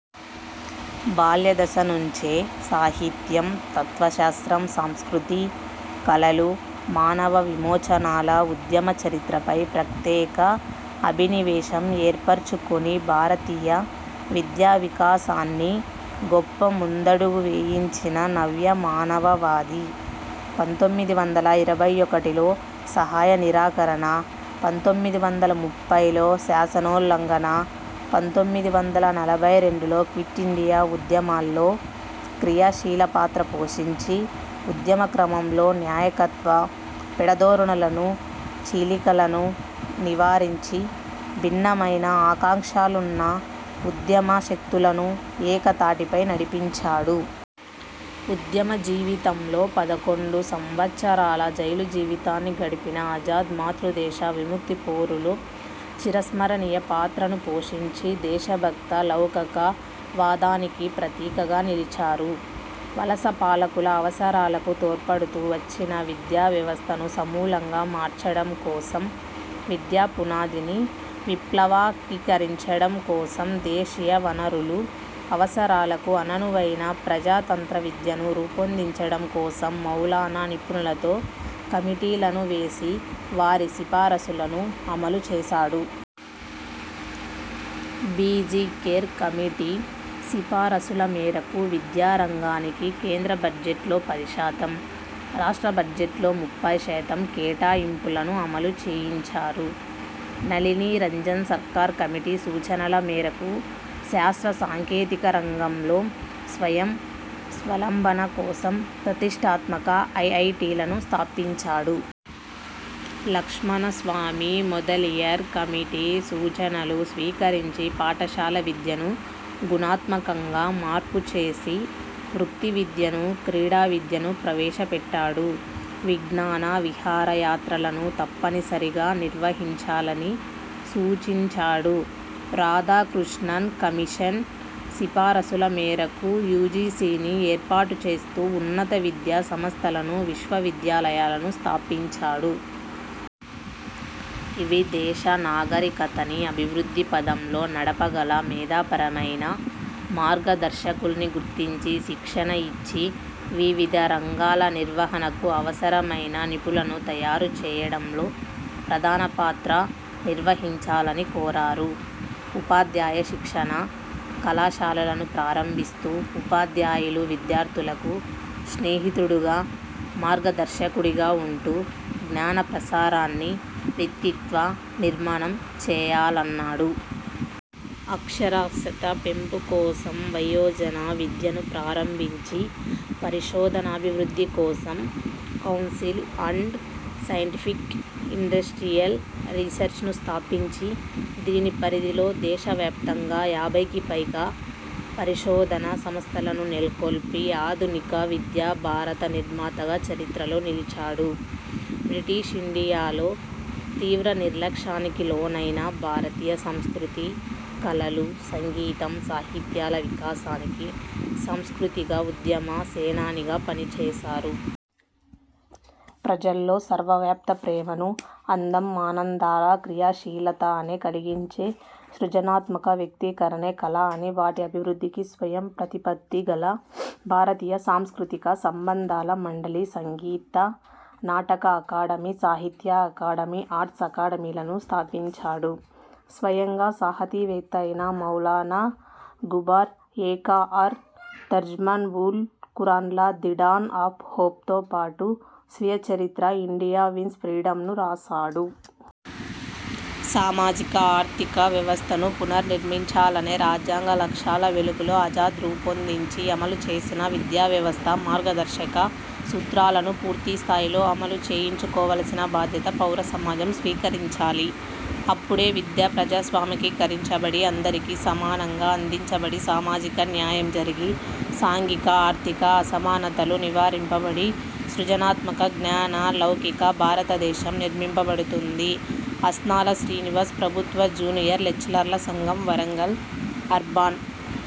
బాల్య దశ నుంచే సాహిత్యం, తత్వశాస్త్రం, సంస్కృతి, కళలు, మానవ విమోచనాల ఉద్యమ చరిత్రపై ప్రత్యేక అభినివేశం ఏర్పరచుకొని భారతీయ విద్యావికాసాన్ని గొప్ప ముందడుగు వేయించిన నవ్య మానవవాది. పంతొమ్మిది వందల ఇరవై ఒకటిలో సహాయ నిరాకరణ, పంతొమ్మిది వందల ముప్పైలో శాసనోల్లంఘన, పంతొమ్మిది వందల నలభై రెండులో క్విట్ ఇండియా ఉద్యమాల్లో క్రియా శీల పాత్ర పోషించి, ఉద్యమ క్రమంలో నాయకత్వ పెఢ ధోరణులను, చీలికలను నివారించి, భిన్నమైన ఆకాంక్షలున్న ఉద్యమ శక్తులను ఏక తాటిపై నడిపించాడు. ఉద్యమ జీవితంలో పదకొండు సంవ త్సరాల జైలు జీవితాన్ని గడిపిన ఆజాద్ మాతృదేశ విముక్తి పోరులో చిర స్మరణీయ పాత్రను పోషించి, దేశభక్త లౌకక వాదానికి ప్రతీకగా నిలిచారు. వలస పాలకుల అవసరాలకు తోడ్పడుతూ వచ్చిన విద్యా వ్యవస్థను సమూలంగా మార్చడం కోసం, విద్య పునాదిని విప్లవకీకరించడం కోసం దేశీయ వనరులు, అవసరాలకు అననువైన ప్రజా తంత్ర విద్యను రూపొందించడం కోసం మౌలానా నిపుణులతో కమిటీలను వేసి వారి సిఫారసులను అమలు చేసాడు. బి. జి. ఖేర్ కమిటీ సిఫారసుల మేరకు విద్యా రంగానికి కేంద్ర బడ్జెట్లో పది శాతం, రాష్ట్ర బడ్జెట్లో ముప్పై శాతం కేటాయింపులను అమలు చేయించారు. నళిని రంజన్ సర్కార్ కమిటీ సూచనల మేరకు శాస్త్ర సాంకేతిక రంగంలో స్వయం స్వాలంబన కోసం ప్రతిష్టాత్మక ఐఐటీలను స్థాపించాడు. లక్ష్మణ స్వామి మొదలియార్ కమిటీ సూచనలు స్వీకరించి పాఠశాల విద్యను గుణాత్మకంగా మార్పు చేసి, వృత్తి విద్యను, క్రీడా విద్యను ప్రవేశ పెట్టాడు. విజ్ఞాన విహార యాత్రలను తప్పనిసరిగా నిర్వహించాలని సూచించాడు. రాధాకృష్ణన్ కమిషన్ సిఫారసుల మేరకు యూజీసీని ఏర్పాటు చేస్తూ ఉన్నత విద్యా సంస్థలను, విశ్వ విద్యాలయాలను స్థాపించాడు. ఇవి దేశ నాగరికతని అభివృద్ధి పథంలో నడప గల మేధా పరమైన మార్గ దర్శకుల్ని గుర్తించి, శిక్షణ ఇచ్చి, వివిధ రంగాల నిర్వహణకు అవసరమైన నిపుణులను తయారు చేయడంలో ప్రధాన పాత్ర నిర్వహించాలని కోరారు. ఉపాధ్యాయ శిక్షణ కళాశాలలను ప్రారంభిస్తూ ఉపాధ్యాయులు విద్యార్థులకు స్నేహితుడుగా, మార్గ దర్శకుడిగా ఉంటూ జ్ఞాన ప్రసారాన్ని, వ్యక్తిత్వ నిర్మాణం చేయాలన్నాడు. అక్షరాస్యత పెంపు కోసం వయోజన విద్యను ప్రారంభించి, పరిశోధనాభివృద్ధి కోసం కౌన్సిల్ అండ్ సైంటిఫిక్ ఇండస్ట్రీయల్ రీసెర్చ్ను స్థాపించి దీని పరిధిలో దేశవ్యాప్తంగా యాభైకి పైగా పరిశోధనా సంస్థలను నెలకొల్పి ఆధునిక విద్యా భారత నిర్మాతగా చరిత్రలో నిలిచాడు. బ్రిటిష్ ఇండియాలో తీవ్ర నిర్లక్ష్యానికి లోనైన భారతీయ సంస్కృతి, కళలు, సంగీతం, సాహిత్యాల వికాసానికి సాంస్కృతిక ఉద్యమ సేనానిగా పనిచేసారు. ప్రజల్లో సర్వవ్యాప్త ప్రేమను, అందం, ఆనందాల క్రియాశీలతనే కలిగించే సృజనాత్మక వ్యక్తీ కరణే కళ అని వాటి అభివృద్ధికి స్వయం ప్రతి పత్తి గల భారతీయ సాంస్కృతిక సంబంధాల మండలి, సంగీత నాటక అకాడమి, సాహిత్య అకాడమి, ఆర్ట్స్ అకాడమిలను స్థాపించాడు. స్వయంగా సాహితీ వేత్త ఐన మౌలానా గుబార్ ఎ ఖాఅర్, తర్జుమన్ ఉల్ ఖురాన్ల ''ది డాన్ ఆఫ్ హోప్''తో పాటు స్వీయ చరిత్ర 'ఇండియా విన్స్ ఫ్రీడమ్'ను రాసాడు. సామాజిక ఆర్ధిక వ్యవస్థను పునర్నిర్మించాలనే రాజ్యాంగ లక్ష్యాల వెలుగులో ఆజాద్ రూపాందించి అమలు చేసిన విద్యా వ్యవస్థ మార్గదర్శక సూత్రాలను పూర్తి స్థాయిలో అమలు చేయించకోవలసిన భాద్యత పౌర సమాజం స్వీకరించాలి. అప్పుడే విద్య ప్రజాస్వామికీకరించబడి అందరికీ సమానంగా అందించబడి సామాజిక న్యాయం జరిగి, సాంఘీక ఆర్థిక అసమానతలు నివారింపబడి సృజనాత్మక, జ్ఞాన, లౌకిక భారతదేశం నిర్మింపబడుతుంది. అస్నాల శ్రీనివాస్ ప్రబుత్వ జూనియర్ లెక్చరర్ల సంఘం, వరంగల్ అర్బన్